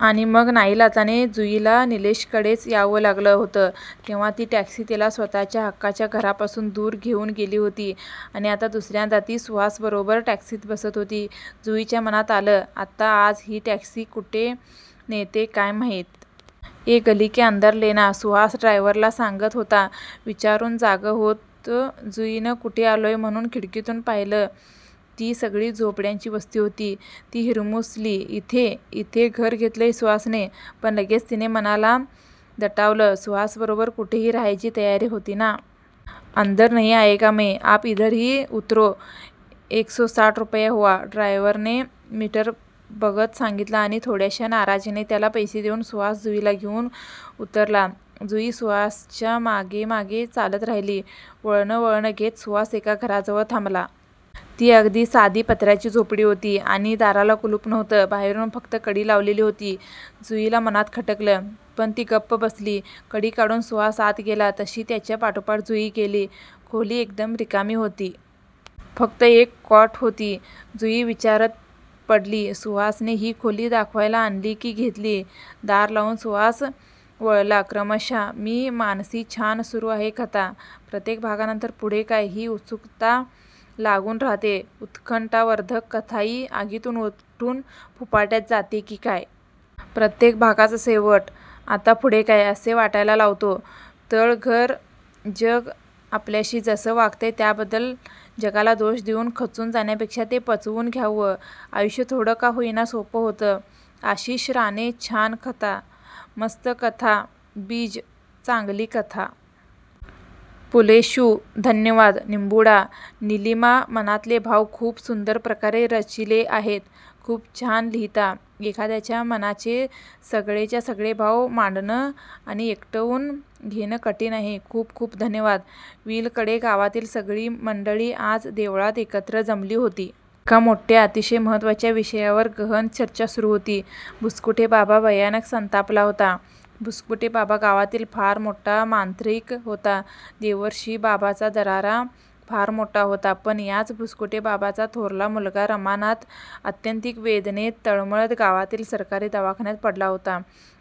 आणि मग नाईलाजाने जुईला निलेशकडेच यावं लागलं होतंतेव्हा ती टॅक्सी तिला स्वतःच्या हक्काच्या घरापासून दूर घेऊन गेली होतीआणि आता दुसऱ्यांदा ती सुहासबरोबर टॅक्सीत बसत होती. जुईच्या मनात आलंआता आज ही टॅक्सी कुठे नेतेय काय माहित? "ये गलीके अंदर लेना"सुहास ड्रायव्हरला सांगत होताविचारातून जागं होत जुईने कुठे आलोय म्हणून खिडकीतून पाहिलंती सगळी झोपड्यांची वस्ती होती. ती हिरमुसलीइथे? इथे घर घेतलंय सुहासने? पण लगेच तिने मनाला दटावलंसुहासबरोबर कुठेही राहायची तयारी होती ना? "अंदर नही जायेगा मै. आप इधरही उतरोएकसोसाठ रुपया हुवा. " ड्रॉयव्हरने मीटर बघत सांगितलं आणि थोड्याशा नाराजीने त्याला पैसे देऊन सुहास जुईला घेऊन उतरलाजुई सुहासच्या मागेमागे चालत राहिली. वळणं वळणं घेत सुहास एका घराजवळ थांबला. ती अगदी साधी पत्र्याची झोपडी होती. आणि दाराला कुलूप नव्हतं. बाहेरून फक्त कडी लावलेली होती. जुईला मनांत खटकलं, पण ती गप्प बसलीकडी काढून सुहास आत गेला तशी त्याच्या पाठोपाठ जुई गेली. खोली एकदम रिकामी होती. फक्त एक कॉट होती. जुई विचारात पडलीसुहासने ही खोली दाखवायला आणलीय कि घेतलीय? दार लावून सुहास वळलाक्रमशःमी मानसीछान सुरू आहे कथा. प्रत्येक भागानंतर पुढे काय, ही उत्सुकता लागून राहतेउत्कंठावर्धक कथाही आगीतून उठून फुफाट्यात जाते की काय???? प्रत्येक भागाचा शेवट "आता पुढे काय? " असे वाटायला लावतो! तळघरजग आपल्याशी जसं वागतंय त्याबद्दल जगाला दोष देवून खचून जाण्यापेक्षा ते पचवून घ्यावंआयुष्य थोडं का होईना सोप्पं होतं. आशिष राणेछान कथा. मस्त कथाबीजचांगली कथा.. पुलेशुधन्यवाद, निंबुडा, निलिमामनातले भाव खुप सुन्दर प्रकारे रचिले आहेत. खुप छान लिहिता.. एखाद्याच्या मनाचे सगळेच्या सगळे भाव मांडणं आणि एकवटून घेणं कठीण आहे..:खूप खूप धन्यवाद. विलवडे गावातील सगळी मंडळी आज देवळात एकत्र जमली होती. एका मोठ्या अतिशय महत्त्वाच्या विषयावर गहन चर्चा सुरू होती. भुस्कूटे बाबा भयानक संतापला होता. भुसकुटे बाबा गावातील फार मोठा मांत्रिक होता. देवर्षी बाबाचा दरारा फार मोठा होतापण याच भुसकुटे बाबाचा थोरला मुलगा रमानाथ आत्यंतिक वेदनेत तळमळत गावातील सरकारी दवाखान्यात पडला होता,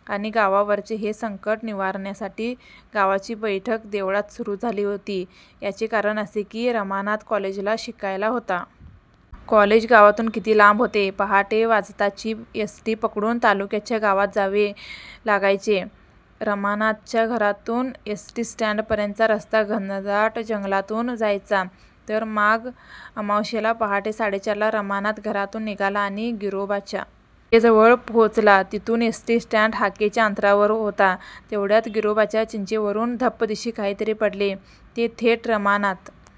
आणि गावावरचे हे संकट निवारण्यासाठी गावाची बैठक देवळात सुरू झाली होतीयाचे कारण असे की रमानाथ कॉलेज ला शिकायला होता. कॉलेज गावातून किमी लांब होते. पहाटे. वाजताची एस टी पकडून तालुक्याच्या गावात जावे लागायचेरमानाथ च्या घरातून एस टी स्टँड पर्यंतचा रस्ता घनदाट जंगलातून जायचातर माघ अमावास्येला पहाटे साडेचार ला रमानाथ घरातून निघालाआणि गिरोबाच्या चिंचेजवळ पोहोचलातिथून एस टी स्टँड हाकेच्या अंतरावर होतातेवढ्यात गिरोबाच्या चिंचेवरून धप्पदिशी काहीतरी पडले, ते थेट रमानाथ